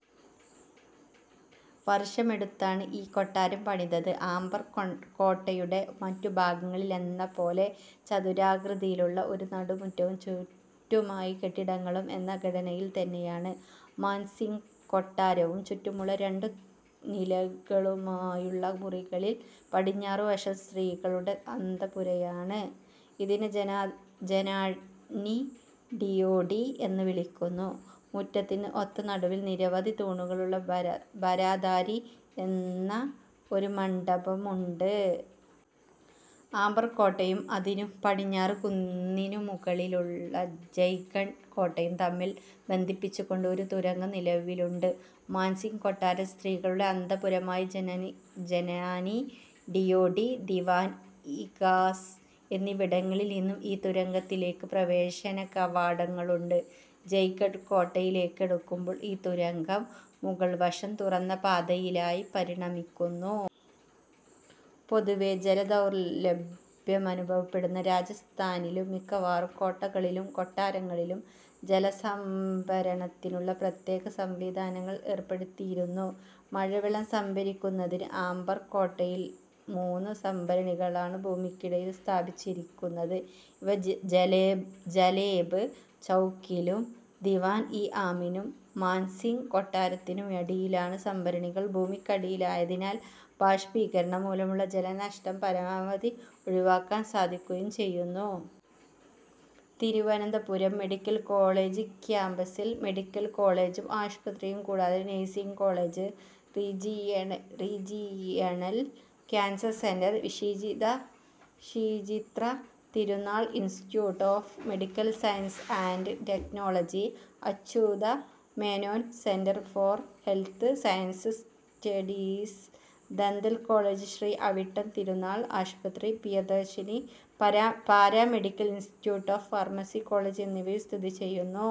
വർഷമെടുത്താണ് ഈ കൊട്ടാരം പണിതത്. ആംബർ കോട്ടയുടെ മറ്റു ഭാഗങ്ങളിലെന്ന പോലെ ചതുരാകൃതിയിലുള്ള ഒരു നടുമുറ്റവും ചുറ്റുമായി കെട്ടിടങ്ങളും എന്ന ഘടനയിൽത്തന്നെയാണ് മാൻ സിങ് കൊട്ടാരവും ചുറ്റുമുള്ള രണ്ടു നിലകളായുള്ള മുറികളിൽ പടിഞ്ഞാറുവശം സ്ത്രീകളുടെ അന്തഃപുരമാണ്. ഇതിനെ ജനാനി ഡിയോഢി എന്നുവിളിക്കുന്നു. മുറ്റത്തിന് ഒത്ത നടുവിൽ നിരവധി തൂണുകളുള്ള ബാരാധാരി എന്ന ഒരു മണ്ഡപമുണ്ട്. ആംബർ കോട്ടയും അതിനു പടിഞ്ഞാറ് കുന്നിനു മുകളിലുള്ള ജയ്ഗഢ് കോട്ടയും തമ്മിൽ ബന്ധിപ്പിച്ചുകൊണ്ട് ഒരു തുരങ്കം നിലവിലുണ്ട്. മാൻ സിങ് കൊട്ടാരം, സ്ത്രീകളുടെ അന്തഃപുരമായ ജനാനി ഡിയോഢി, ദിവാൻ-ഇ ഖാസ് എന്നിവിടങ്ങളിൽ നിന്നും ഈ തുരങ്കത്തിലേക്ക് പ്രവേശനകവാടങ്ങളുണ്ട്. ജയ്ഗഢ് കോട്ടയിലേക്കടുക്കുമ്പോൾ ഈ തുരങ്കം, മുകൾവശം തുറന്ന പാതയായി പരിണമിക്കുന്നു. പൊതുവേ ജലദൗർലഭ്യമനുഭവപ്പെടുന്ന രാജസ്ഥാനിലെ മിക്കവാറും കോട്ടകളിലും കൊട്ടാരങ്ങളിലും ജലസംഭരണത്തിനുള്ള പ്രത്യേക സംവിധാനങ്ങൾ ഏർപ്പെടുത്തിയിരുന്നു. മഴവെള്ളം സംഭരിക്കുന്നതിന് ആംബർ കോട്ടയിൽ മൂന്ന് സംഭരണികളാണ് ഭൂമിക്കടിയിൽ സ്ഥാപിച്ചിരിക്കുന്നത്. ഇവ ജലേബ് ചൗക്കിലും, ദിവാൻ ഇ ആമിനും, മാൻ സിങ് കൊട്ടാരത്തിനും അടിയിലാണ്. സംഭരണികൾ ഭൂമിക്കടിയിലായതിനാൽ ബാഷ്പീകരണം മൂലമുള്ള ജലനഷ്ടം പരമാവധി ഒഴിവാക്കാൻ സാധിക്കുകയും ചെയ്യുന്നു. തിരുവനന്തപുരം മെഡിക്കൽ കോളെജ് ക്യാമ്പസിൽ മെഡിക്കൽ കോളേജും ആശുപത്രിയും കൂടാതെ nursing college, regional cancer centre, Sree Chitra Thirunal institute of medical science and technology, Achyuta Menon centre for health sciences studies, dental college, Shri Avittam തിരുനാൾ ആശുപത്രി, Priyadarshini paramedical institute, pharmacy college എന്നിവയും സ്ഥിതി ചെയ്യുന്നു.